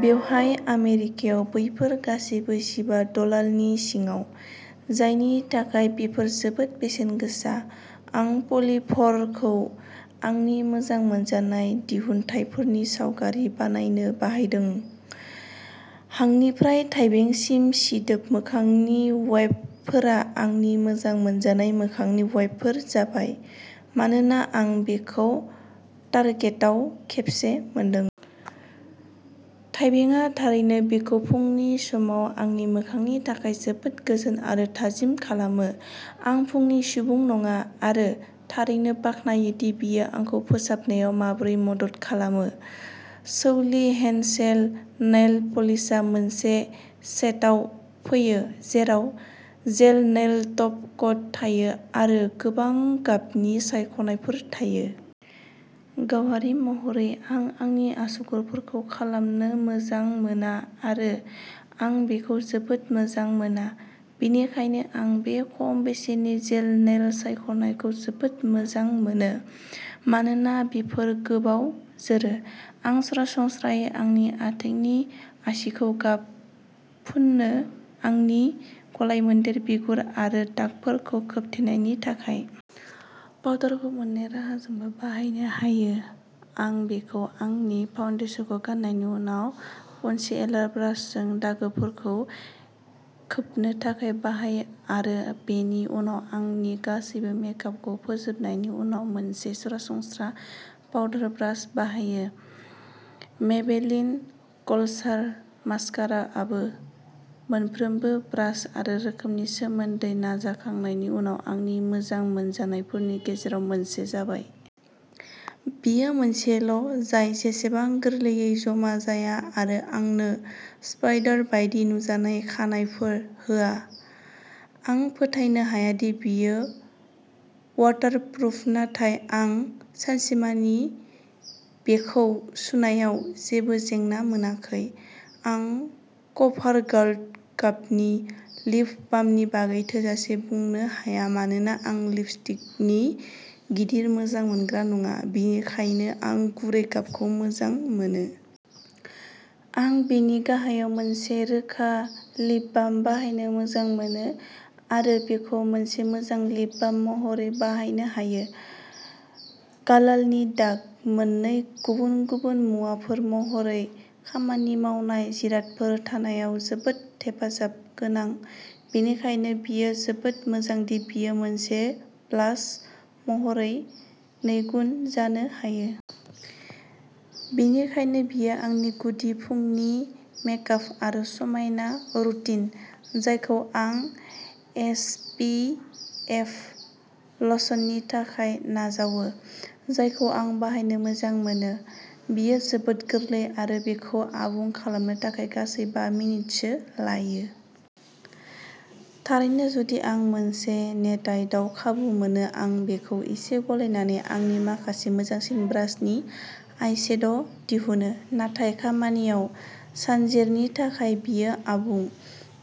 बेवहाय आमेरिकायाव बेफोर गासैबो जिबा डलारनि सिङाव, जायनि थाखाय बेफोर जोबोद बेसेनगोसा। आं पलिभ'रखौ आंनि मोजां मोनजानाय दिहुनथायफोरनि सावगारि बानायनो बाहायदों! हांनिफ्राय थाइबेंसिम सिदोब मोखांनि वाइपफोरा आंनि मोजां मोनजानाय मोखांनि वाइपफोर जाबाय, मानोना आं बेफोरखौ टार्गेताव खेबसे मोनदोंमोन। थाइबेंआ थारैनो बेखौ फुंनि समाव आंनि मोखांनि थाखाय जोबोद गोजोन आरो थाजिम खालामो। आं फुंनि सुबुं नङा आरो थारैनो बाख्नायो दि बेयो आंखौ फोसाबनायाव माबोरै मदद खालामो। सैलि हेन्सेन नेइल पलिशआ मोनसे सेटआव फैयो, जेराव जेल नेइल टप कट थायो आरो गोबां गाबनि सायख'नायफोर थायो। गावारि महरै आं आंनि आसुगुरफोरखौ खालामनो मोजां मोना आरो आं बेखौ जोबोद मोजां मोना, बेनिखायनो आं बे खम बेसेननि जेल नेइल सायख'नायखौ जोबोद मोजां मोनो, मानोना बेफोर गोबाव जोरो। आं सरासनस्रायै आंनि आथिंनि आसिखौ गाब फुनो आंनि गलायमोन्देर बिगुर आरो दागफोरखौ खोबथेनायनि थाखाय। पाउडारखौ मोननै राहाजोंबो बाहायनो हायो। आं बेखौ आंनि फाउन्डेसनखौ गाननायनि उनाव कन्सिएलार ब्रासजों दागोफोरखौ खोबनो थाखाय बाहायो आरो बेनि उनाव आंनि गासैबो मेकआपखौ फोजोबनायनि उनाव मोनसे सरासनस्रा पाउडार ब्रास बाहायो। मेबेलिन कल'साल मास्काराआबो मोनफ्रोमबो ब्रान्ड आरो रोखोमनि सोमोन्दै नाजाखांनायनि उनाव आंनि मोजां मोनजानायफोरनि गेजेराव मोनसे जाबाय। बेयो मोनसेल'जाय एसेबां गोरलैयै जमा जाया आरो आंनो स्पाइडर बायदि नुजानाय खानाइफोर होआ। आं फोथायनो हाया दि बेयो वाटार प्रुफ नाथाय आं सानसेमानि बेखौ सुनायाव जेबो जेंना मोनाखै। आं कभारगार्ल गाबनि लिप बामनि बागै थोजासे बुंनो हाया मानोना आं लिपस्टिकनि गिदिर मोजां मोनग्रा नङा, बेनिखायनो आं गुरै गाबखौ मोजां मोनो। आं बेनि गाहायाव मोनसे रोखा लिप बाम बाहायनो मोजां मोनो आरो बेखौ मोनसे मोजां लिप बाम महरैबो बाहायनो हायो। गालानि दाग। मोननै गुबुन-गुबुन मुवाफोर महरै खामानि मावनाय जिरादफोर थानाया जोबोद हेफाजाब गोनां, बेनिखायनो बेयो जोबोद मोजां दि बेयो मोनसे ब्लास महरै नैगुन जानो हायो। बेनिखायनो बेयो आंनि गुदि फुंनि मेकआप आरो समायना रुटिन, जायखौ आं एस. पि. एफ. लशननि थाखाय नाजावो, जायखौ आं बाहायनो मोजां मोनो। बेयो जोबोद गोरलै आरो बेखौ आबुं खालामनो थाखाय गासै बा मिनिटसो लायो। थारैनो जुदि आं मोनसे डेट नाइटआव खाबु मोनो, आं बेखौ एसे गलायनानै आंनि माखासे मोजांसिन ब्रान्डनि आइ शेड' दिहुनो, नाथाय खामानियाव सानजेरनि थाखाय बेयो आबुं।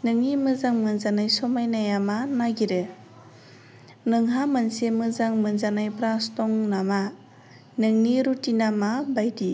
नोंनि मोजां मोनजानाय समायनाया मा नागिरो? नोंहा मोनसे मोजां मोनजानाय ब्रान्ड दं नामा? नोंनि रुटिनआ मा बायदि?